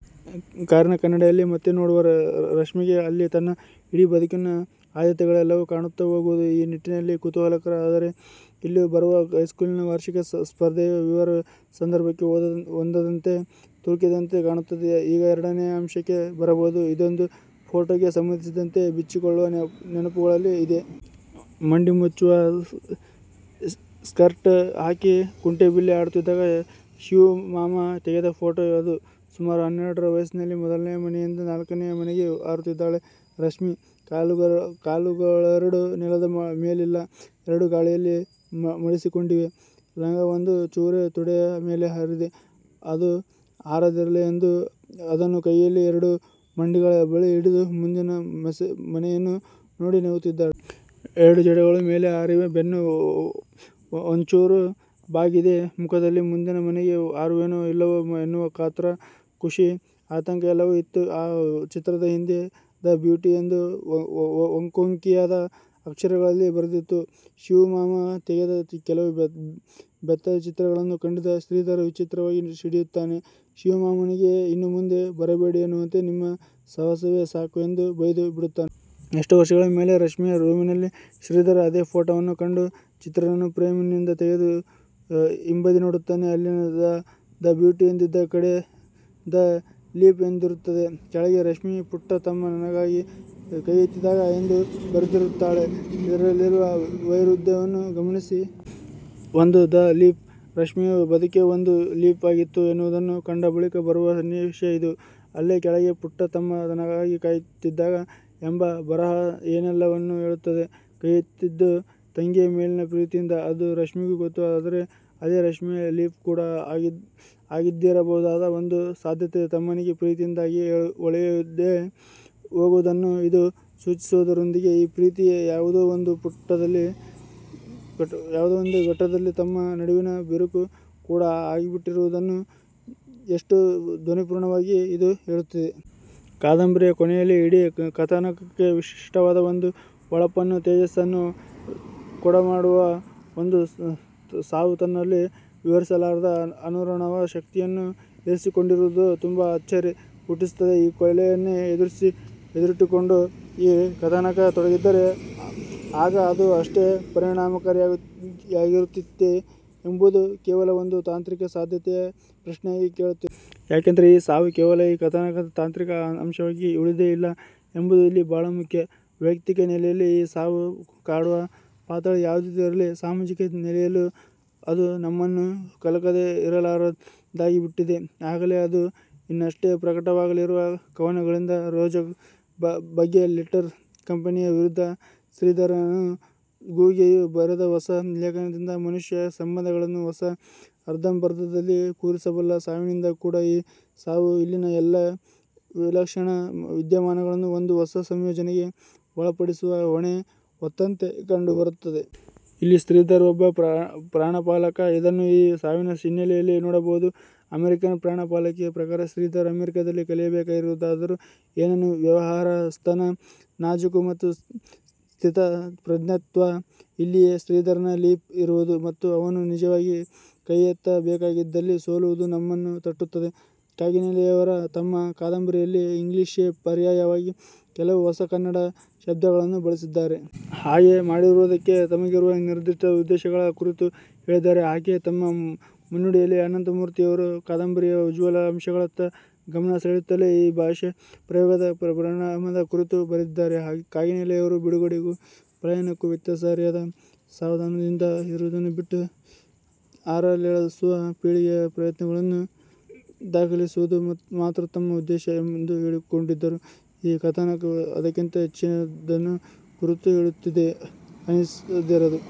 ಕಾರಿನ ಕನ್ನಡಿಯಲ್ಲಿ ಮತ್ತೆ ನೋಡುವ ರಶ್ಮಿಗೆ ಅಲ್ಲಿ ತನ್ನ ಇಡೀ ಬದುಕಿನ ಆದ್ಯತೆಗಳೆಲ್ಲವೂ ಕಾಣುತ್ತ ಹೋಗುವುದು ಈ ನಿಟ್ಟಿನಲ್ಲಿ ಕುತೂಹಲಕರ. ಆದರೆ ಇಲ್ಲೂ ಬರುವ ಹೈಸ್ಕೂಲಿನ ವಾರ್ಷಿಕ ಸ್ಪರ್ಧೆಯ ವಿವರ ಸಂದರ್ಭಕ್ಕೆ ಹೊಂದದಂತೆ, ತುರುಕಿದಂತೆ ಕಾಣುತ್ತದೆ. ಈಗ ಎರಡನೆಯ ಅಂಶಕ್ಕೆ ಬರಬಹುದು. ಅದೊಂದು ಫೋಟೋಗೆ ಸಂಬಂಧಿಸಿದಂತೆ ಬಿಚ್ಚಿಕೊಳ್ಳುವ ನೆನಪುಗಳಲ್ಲಿ ಇದೆ. ಮಂಡಿ ಮುಚ್ಚುವ ಸ್ಕರ್ಟ್ ಹಾಕಿ ಕುಂಟೇಬಿಲ್ಲೆ ಆಡುತ್ತಿದ್ದಾಗ ಶಿವೂಮಾಮ ತೆಗೆದ ಫೋಟೋ ಅದು. ಸುಮಾರು ಹನ್ನೆರಡರ ವಯಸ್ಸಿನಲ್ಲಿ. "ಮೊದಲನೆಯ ಮನೆಯಿಂದ ನಾಲ್ಕನೆಯ ಮನೆಗೆ ಹಾರುತ್ತಿದ್ದಾಳೆ, ರಶ್ಮಿ. ಕಾಲುಗಳೆರಡೂ ನೆಲದ ಮೇಲಿಲ್ಲ. ಎರಡೂ ಗಾಳಿಯಲ್ಲಿ ಮಡಿಸಿಕೊಂಡಿವೆ. ಲಂಗ ಒಂದು ಚೂರೇ ತೊಡೆಯ ಮೇಲೆ ಹಾರಿದೆ. ಅದೂ ಹಾರದಿರಲಿ ಎಂದು ಅದನ್ನು ಕೈಯಲ್ಲಿ ಎರಡೂ ಮಂಡಿಗಳ ಬಳಿ ಹಿಡಿದು ಮುಂದಿನ ಮನೆಯನ್ನು ನೋಡಿ ನಗುತ್ತಿದ್ದಾಳೆ. ಎರಡೂ ಜಡೆಗಳೂ ಮೇಲೆ ಹಾರಿವೆ. ಬೆನ್ನು ಒಮ್ಚೂರು ಬಾಗಿದೆ. ಮುಖದಲ್ಲಿ ಮುಂದಿನ ಮನೆಗೆ ಹಾರುವೆನೋ ಇಲ್ಲವೋ ಎನ್ನುವ ಕಾತರ, ಖುಷಿ, ಆತಂಕಎಲ್ಲವೂ ಇತ್ತು. ಆ ಚಿತ್ರದ ಹಿಂದೆ ದ ಬ್ಯೂಟಿ ಎಂದು ಒಂಕೊಂಕಿಯಾದ ಅಕ್ಷರಗಳಲ್ಲಿ ಬರೆದಿತ್ತು". ಶಿವೂಮಾಮ ತೆಗೆದ ಕೆಲವು ಬೆತ್ತಲೆ ಚಿತ್ರಗಳನ್ನೂ ಕಂಡಿದ್ದ ಶ್ರೀಧರ ವಿಚಿತ್ರವಾಗಿ ಸಿಡಿಯುತ್ತಾನೆ, ಶಿವೂಮಾಮನಿಗೆ ಇನ್ನು ಮುಂದೆ ಬರಬೇಡಿ ಎನ್ನುವಂತೆ ನಿಮ್ಮ ಸಹವಾಸವೇ ಸಾಕು ಎಂದು ಬೈದು ಬಿಡುತ್ತಾನೆ. ಎಷ್ಟೋ ವರ್ಷಗಳ ಮೇಲೆ, ರಶ್ಮಿಯ ರೂಮಿನಲ್ಲಿ ಶ್ರೀಧರ ಅದೇ ಫೋಟೋವನ್ನು ಕಂಡು, ಚಿತ್ರವನ್ನು ಫ್ರೇಮಿನಿಂದ ತೆಗೆದು ಹಿಂಬದಿ ನೋಡುತ್ತಾನೆ. ಅಲ್ಲಿ ದ ಬ್ಯೂಟಿ ಎಂದಿದ್ದ ಕಡೆ ದ ಲೀಪ್ ಎಂದಿರುತ್ತದೆ. ಕೆಳಗೆ ರಶ್ಮಿ 'ಪುಟ್ಟ ತಮ್ಮ ನನಗಾಗಿ ಕೈಯೆತ್ತಿದಾಗ' ಎಂದೂ ಬರೆದಿರುತ್ತಾಳೆ. ಇದರಲ್ಲಿರುವ ವೈರುಧ್ಯವನ್ನು ಗಮನಿಸಿ. ಒಂದು ದ ಲೀಪ್, ರಶ್ಮಿಯ ಬದುಕೇ ಒಂದು ಲೀಪ್ ಆಗಿತ್ತು ಎನ್ನುವುದನ್ನು ಕಂಡ ಬಳಿಕ ಬರುವ ಸನ್ನಿವೇಶ ಇದು. ಅಲ್ಲೇ ಕೆಳಗೆ, ಪುಟ್ಟ ತಮ್ಮ ನನಗಾಗಿ ಕೈಯೆತ್ತಿದಾಗ ಎಂಬ ಬರಹ ಏನೆಲ್ಲವನ್ನು ಹೇಳುತ್ತದೆ. ಕೈಯೆತ್ತಿದ್ದು ತಂಗಿಯ ಮೇಲಿನ ಪ್ರೀತಿಯಿಂದ. ಅದು ರಶ್ಮಿಗೂ ಗೊತ್ತು. ಆದರೆ ಅದೇ ರಶ್ಮಿಯ ಲೀಪ್ ಕೂಡ ಆಗಿದ್ದಿರಬಹುದಾದ ಒಂದು ಸಾಧ್ಯತೆ ತಮ್ಮನಿಗೆ ಪ್ರೀತಿಯಿಂದಾಗಿಯೇ ಹೊಳೆಯದೇ ಹೋಗುವುದನ್ನು ಇದು ಸೂಚಿಸುವುದರೊಂದಿಗೇ ಈ ಪ್ರೀತಿಯೇ ಯಾವುದೋ ಒಂದು ಘಟ್ಟದಲ್ಲಿ ತಮ್ಮ ನಡುವಿನ ಬಿರುಕು ಕೂಡ ಆಗಿಬಿಟ್ಟಿರುವುದನ್ನು ಎಷ್ಟು ಧ್ವನಿಪೂರ್ಣವಾಗಿ ಇದು ಹೇಳುತ್ತಿದೆ. ಕಾದಂಬರಿಯ ಕೊನೆಯಲ್ಲಿ ಇಡೀ ಕಥಾನಕಕ್ಕೇ ವಿಶಿಷ್ಟವಾದ ಒಂದು ಹೊಳಪನ್ನು, ತೇಜಸ್ಸನ್ನು ಕೊಡಮಾಡುವ ಒಂದು ಸಾವು ತನ್ನಲ್ಲಿ ವಿವರಿಸಲಾರದ ಅನುರಣನ ಶಕ್ತಿಯನ್ನು ಇರಿಸಿಕೊಂಡಿರುವುದು ತುಂಬ ಅಚ್ಚರಿ ಹುಟ್ಟಿಸುತ್ತದೆ. ಈ ಕೊಲೆಯನ್ನೇ ಎದುರಿಟ್ಟುಕೊಂಡು ಈ ಕಥಾನಕ ತೊಡಗಿದ್ದರೆ ಆಗ ಅದು ಇಷ್ಟೇ ಪರಿಣಾಮಕಾರಿಯಾಗಿರುತ್ತಿತ್ತೇ ಎಂಬುದು ಕೇವಲ ಒಂದು ತಾಂತ್ರಿಕ ಸಾಧ್ಯತೆಯ ಪ್ರಶ್ನೆಯಾಗಿ ಕೇಳುತ್ತಿಲ್ಲ. ಯಾಕೆಂದರೆ ಈ ಸಾವು ಕೇವಲ ಈ ಕಥಾನಕದ ತಾಂತ್ರಿಕ ಅಂಶವಾಗಿ ಉಳಿದೇ ಇಲ್ಲ ಎಂಬುದೂ ಇಲ್ಲಿ ಬಹಳ ಮುಖ್ಯ. ವೈಯಕ್ತಿಕ ನೆಲೆಯಲ್ಲಿ ಈ ಸಾವು ಕಾಡುವ ಪಾತಳಿ ಯಾವುದೇ ಇರಲಿ, ಸಾಮಾಜಿಕ ನೆಲೆಯಲ್ಲೂ ಅದು ನಮ್ಮನ್ನು ಕಲಕದೇ ಇರಲಾರದ್ದಾಗಿಬಿಟ್ಟಿದೆ. ಆಗಲೇ ಅದು ಇನ್ನಷ್ಟೇ ಪ್ರಕಟವಾಗಲಿರುವ ಕವನಗಳಿಂದ, ರೊಜಾಕ್ ಬಗ್ಗೆ ಲಿಟ್ಜರ್ ಕಂಪೆನಿಯ ವಿರುದ್ಧ ಶ್ರೀಧರನೂ ಘೂಗೆಯೂ ಬರೆದ ಹೊಸ ಲೇಖನದಿಂದ ಮನುಷ್ಯ ಸಂಬಂಧಗಳನ್ನು ಹೊಸ ಅರ್ಥಬಂಧದಲ್ಲಿ ಕೂರಿಸಬಲ್ಲ ಸಾವಿನಿಂದ ಕೂಡ ಈ ಸಾವು ಇಲ್ಲಿನ ಎಲ್ಲ ವಿಲಕ್ಷಣ ವಿದ್ಯಮಾನಗಳನ್ನು ಒಂದು ಹೊಸ ಸಂಯೋಜನೆಗೆ ಒಳಪಡಿಸುವ ಹೊಣೆ ಹೊತ್ತಂತೆ ಕಂಡುಬರುತ್ತದೆ. ಇಲ್ಲಿ ಶ್ರೀಧರ ಒಬ್ಬ "ಪ್ರಾಣಪಾಲಕ". ಇದನ್ನು ಈ ಸಾವಿನ ಹಿನ್ನೆಲೆಯಲ್ಲಿ ನೋಡಬಹುದು. ಅಮೆರಿಕನ್ ಪ್ರಾಣಪಾಲಕಿಯ ಪ್ರಕಾರ ಶ್ರೀಧರ ಅಮೆರಿಕದಲ್ಲಿ ಕಲಿಯಬೇಕಾಗಿರುವುದಾದರೂ ಏನನ್ನು? ವ್ಯವಹಾರಸ್ಥನ ನಾಜೂಕು ಮತ್ತು ಸ್ಥಿತಪ್ರಜ್ಞತ್ವ. ಇಲ್ಲಿಯೇ ಶ್ರೀಧರನ ಲೀಪ್ ಇರುವುದು ಮತ್ತು ಅವನು ನಿಜವಾಗಿ ಕೈಯೆತ್ತ ಬೇಕಾಗಿದ್ದಲ್ಲಿ ಸೋಲುವುದು ನಮ್ಮನ್ನು ತಟ್ಟುತ್ತದೆ. ಕಾಗಿನೆಲೆಯವರು ತಮ್ಮ ಕಾದಂಬರಿಯಲ್ಲಿ ಇಂಗ್ಲೀಷ್ಗೆ ಪರ್ಯಾಯವಾಗಿ ಕೆಲವು ಹೊಸ ಕನ್ನಡ ಶಬ್ದಗಳನ್ನು ಬಳಸಿದ್ದಾರೆ. ಹಾಗೆ ಮಾಡಿರುವುದಕ್ಕೆ ತಮಗಿರುವ ನಿರ್ದಿಷ್ಟ ಉದ್ದೇಶಗಳ ಕುರಿತೂ ಹೇಳಿದ್ದಾರೆ. ಹಾಗೆಯೇ ತಮ್ಮ ಮುನ್ನುಡಿಯಲ್ಲಿ ಅನಂತಮೂರ್ತಿಯವರು ಕಾದಂಬರಿಯ ಉಜ್ವಲ ಅಂಶಗಳತ್ತ ಗಮನ ಸೆಳೆಯುತ್ತಲೇ ಈ ಭಾಷಾಪ್ರಯೋಗದ ಪರಿಣಾಮದ ಕುರಿತೂ ಬರೆದಿದ್ದಾರೆ. ಕಾಗಿನೆಲೆಯವರು ಬಿಡುಗಡೆಗೂ ಪಲಾಯನಕ್ಕೂ ವ್ಯತ್ಯಾಸ ಅರಿಯದ, ಸಾವಧಾನದಿಂದ ಏರುವುದನ್ನು ಬಿಟ್ಟು ಹಾರಲೆಳಸುವ ಪೀಳಿಗೆಯ ಪ್ರಯತ್ನಗಳನ್ನು ದಾಖಲಿಸುವುದು ಮಾತ್ರ ತಮ್ಮ ಉದ್ದೇಶ ಎಂದು ಹೇಳಿಕೊಂಡಿದ್ದರೂ ಈ ಕಥಾನಕ ಅದಕ್ಕಿಂತ ಹೆಚ್ಚಿನದನ್ನು ಕುರಿತು ಹೇಳುತ್ತಿದೆ ಅನಿಸದಿರದು.